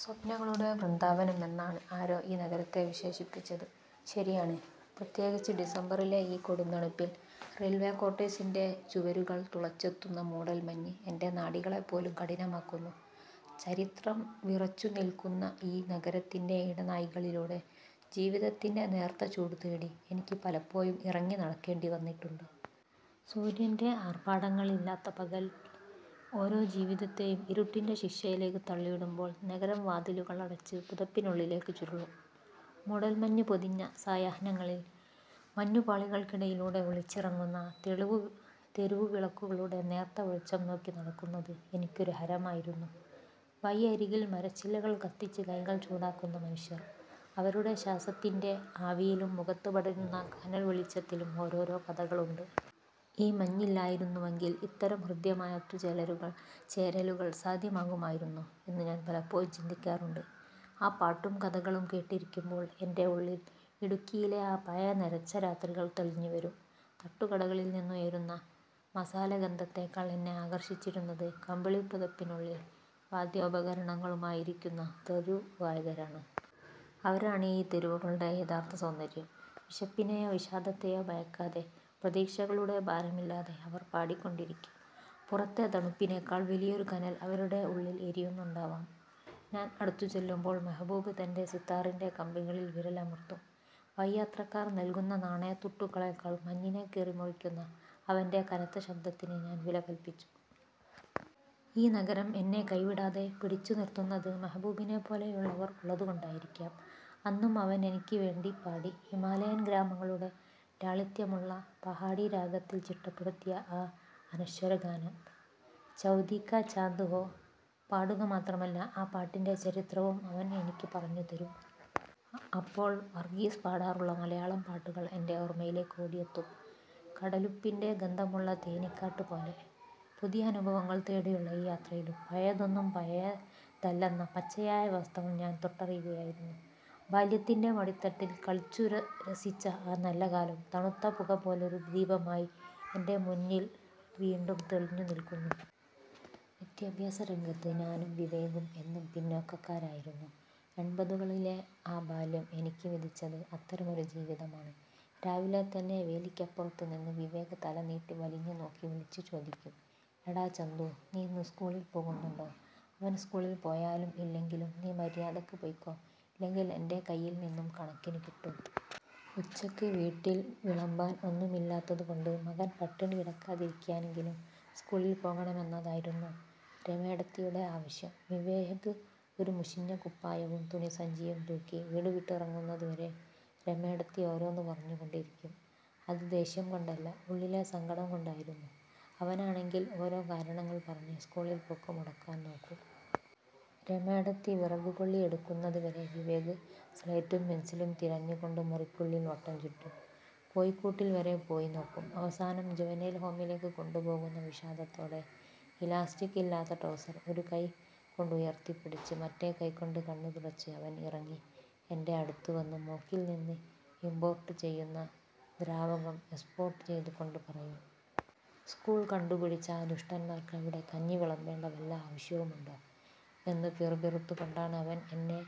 സ്വപ്നങ്ങളുടെ വൃദ്ധാവനം എന്നാണ് ആരോ ഈ നഗരത്തെ വിശേഷിപ്പിച്ചത്. ശരിയാണ്, പ്രത്യേകിച്ച് ഡിസംബറിലെ ഈ കൊടും തണുപ്പിൽ. റെയിൽവേ ക്വാർട്ടേഴ്സിന്റെ ചുവരുകൾ തുളച്ചെത്തുന്ന മൂടൽമഞ്ഞ് എന്റെ നാഡികളെപ്പോലും കഠിനമാക്കുന്നു. ചരിത്രം വിറച്ചുനിൽക്കുന്ന ഈ നഗരത്തിന്റെ ഇടനാഴികളിലൂടെ, ജീവിതത്തിന്റെ നേർത്ത ചൂടുതേടി എനിക്ക് പലപ്പോഴും ഇറങ്ങി നടക്കേണ്ടി വന്നിട്ടുണ്ട്. സൂര്യന്റെ ആർഭാടങ്ങളില്ലാത്ത പകൽ ഓരോ ജീവിതത്തെയും ഇരുട്ടിന്റെ ശിക്ഷയിലേക്ക് തള്ളിവിടുമ്പോൾ, നഗരം വാതിലുകളടച്ച് പുതപ്പിനുള്ളിലേക്ക് ചുരുളും. മൂടൽമഞ്ഞ് പൊതിഞ്ഞ സായാഹ്നങ്ങളിൽ, മഞ്ഞുപാളികൾക്കിടയിലൂടെ ഒളിച്ചിറങ്ങുന്ന തെരുവുവിളക്കുകളുടെ നേർത്ത വെളിച്ചം നോക്കി നടക്കുന്നത് എനിക്കൊരു ഹരമായിരുന്നു. വഴിയരികിൽ മരച്ചില്ലകൾ കത്തിച്ച് കൈകൾ ചൂടാക്കുന്ന മനുഷ്യർ. അവരുടെ ശ്വാസത്തിന്റെ ആവിയിലും, മുഖത്ത് പടരുന്ന കനൽ വെളിച്ചത്തിലും ഓരോരോ കഥകളുണ്ട്. ഈ മഞ്ഞില്ലായിരുന്നുവെങ്കിൽ ഇത്തരം ഹൃദ്യമായ ഒത്തുചേരലുകൾ സാധ്യമാകുമായിരുന്നോ എന്ന് ഞാൻ പലപ്പോഴും ചിന്തിക്കാറുണ്ട്. ആ പാട്ടും കഥകളും കേട്ടിരിക്കുമ്പോൾ എന്റെ ഉള്ളിൽ ഇടുക്കിയിലെ ആ പഴയ നരച്ച രാത്രികൾ തെളിഞ്ഞുവരും. തട്ടുകടകളിൽ നിന്ന് ഉയരുന്ന മസാലഗന്ധത്തേക്കാൾ എന്നെ ആകർഷിച്ചിരുന്നത്, കമ്പിളി പുതപ്പിനുള്ളിൽ വാദ്യോപകരണങ്ങളുമായി ഇരിക്കുന്ന തെരുവുഗായകരാണ്. അവരാണ് ഈ തെരുവുകളുടെ യഥാർത്ഥ സൗന്ദര്യം. വിശപ്പിനെയോ വിഷാദത്തെയോ ഭയക്കാതെ, പ്രതീക്ഷകളുടെ ഭാരമില്ലാതെ അവർ പാടിക്കൊണ്ടിരിക്കും. പുറത്തെ തണുപ്പിനേക്കാൾ വലിയൊരു കനൽ അവരുടെ ഉള്ളിൽ എരിയുന്നുണ്ടാവാം. ഞാൻ അടുത്തുചെല്ലുമ്പോൾ മെഹബൂബ് തന്റെ സിത്താറിന്റെ കമ്പികളിൽ വിരലമർത്തും. വഴിയാത്രക്കാർ നൽകുന്ന നാണയത്തുട്ടുകളേക്കാൾ, മഞ്ഞിനെ കീറിമുറിക്കുന്ന അവന്റെ കനത്ത ശബ്ദത്തിന് ഞാൻ വിലകല്പിച്ചു. ഈ നഗരം എന്നെ കൈവിടാതെ പിടിച്ചുനിർത്തുന്നത് മെഹബൂബിനെപ്പോലെയുള്ളവർ ഉള്ളതുകൊണ്ടായിരിക്കാം. അന്നും അവൻ എനിക്ക് വേണ്ടി പാടി; ഹിമാലയൻ ഗ്രാമങ്ങളുടെ ലാളിത്യമുള്ള പഹാഡി രാഗത്തിൽ ചിട്ടപ്പെടുത്തിയ ആ അനശ്വര ഗാനം "ചൗദ്വീ കാ ചാന്ദ് ഹോ... " പാടുക മാത്രമല്ല, ആ പാട്ടിന്റെ ചരിത്രവും അവൻ എനിക്ക് പറഞ്ഞുതരും. അപ്പോൾ വർഗ്ഗീസ് പാടാറുള്ള മലയാളം പാട്ടുകൾ എന്റെ ഓർമ്മയിലേക്ക് ഓടിയെത്തും, കടലുപ്പിൻ്റെ ഗന്ധമുള്ള തേനിക്കാട്ട് പോലെ. പുതിയ അനുഭവങ്ങൾ തേടിയുള്ള ഈ യാത്രയിലും പഴയതൊന്നും പഴയതല്ലെന്ന പച്ചയായ വാസ്തവം ഞാൻ തൊട്ടറിയുകയായിരുന്നു. ബാല്യത്തിന്റെ മടിത്തട്ടിൽ കളിച്ചുരസിച്ച ആ നല്ലകാലം, തണുത്ത പുകപോലൊരു ദീപമായി എന്റെ മുന്നിൽ വീണ്ടും തെളിഞ്ഞുനിൽക്കുന്നു. വിദ്യാഭ്യാസരംഗത്ത് ഞാനും വിവേകും എന്നും പിന്നോക്കക്കാരായിരുന്നു. എൺപതുകളിലെ ആ ബാല്യം എനിക്ക് വിധിച്ചത് അത്തരമൊരു ജീവിതമാണ്. രാവിലെ തന്നെ വേലിക്കപ്പുറത്തുനിന്ന് വിവേക് തല നീട്ടി വലിഞ്ഞുനോക്കി വിളിച്ചു ചോദിക്കും: "എടാ ചന്തൂ, നീ ഇന്ന് സ്കൂളിൽ പോകുന്നുണ്ടോ? " അവൻ സ്കൂളിൽ പോയാലും ഇല്ലെങ്കിലും "നീ മര്യാദയ്ക്ക് പൊയ്ക്കോ, ഇല്ലെങ്കിൽ എന്റെ കയ്യിൽ നിന്ന് കണക്കിന് കിട്ടും. " ഉച്ചയ്ക്ക് വീട്ടിൽ വിളമ്പാൻ ഒന്നുമില്ലാത്തതുകൊണ്ട്, മകൻ പട്ടിണി കിടക്കാതിരിക്കാനെങ്കിലും സ്കൂളിൽ പോകണമെന്നതായിരുന്നു രമേടത്തിയുടെ ആവശ്യം. വിവേക് ഒരു മുഷിഞ്ഞ കുപ്പായവും തുണിസഞ്ചിയും തൂക്കി വീടുവിട്ടിറങ്ങുന്നതുവരെ രമേടത്തി ഓരോന്ന് പറഞ്ഞുകൊണ്ടിരിക്കും. അത് ദേഷ്യം കൊണ്ടല്ല, ഉള്ളിലെ സങ്കടം കൊണ്ടായിരുന്നു. അവനാണെങ്കിൽ ഓരോ കാരണങ്ങൾ പറഞ്ഞ് സ്കൂളിൽ പോക്ക് മുടക്കാൻ നോക്കും. രമേടത്തി വിറകുകൊള്ളി എടുക്കുന്നത് വരെ വിവേക് സ്ലേറ്റും പെൻസിലും തിരഞ്ഞുകൊണ്ട് മുറിക്കുള്ളിൽ വട്ടം ചുറ്റും. കോഴിക്കൂട്ടിൽ വരെ പോയി നോക്കും. അവസാനം, ജുവനൈൽ ഹോമിലേക്ക് കൊണ്ടുപോകുന്ന വിഷാദത്തോടെ, ഇലാസ്റ്റിക് ഇല്ലാത്ത ട്രൗസർ ഒരു കൈകൊണ്ടുയർത്തിപ്പിടിച്ച്, മറ്റേ കൈകൊണ്ട് കണ്ണ് തുടച്ച് അവൻ ഇറങ്ങി എന്റെ അടുത്ത് വന്ന് മൂക്കിൽ നിന്ന് ഇംപോർട്ട് ചെയ്യുന്ന ദ്രാവകം എക്സ്പോർട്ട് ചെയ്ത്കൊണ്ട് പറയും.. "സ്കൂൾ കണ്ടുപിടിച്ച ആ ദുഷ്ടന്മാർക്ക് അവിടെ കഞ്ഞി വിളമ്പേണ്ട വല്ല ആവശ്യവുമുണ്ടോ? " എന്ന് പിറുപിറുത്തുകൊണ്ടാണ് അവൻ എന്നെ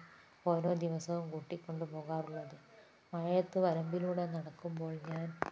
ഓരോ ദിവസവും കൂട്ടിക്കൊണ്ടുപോകാറുള്ളത്. മഴയത്ത് വരമ്പിലൂടെ നടക്കുമ്പോൾ ഞാൻ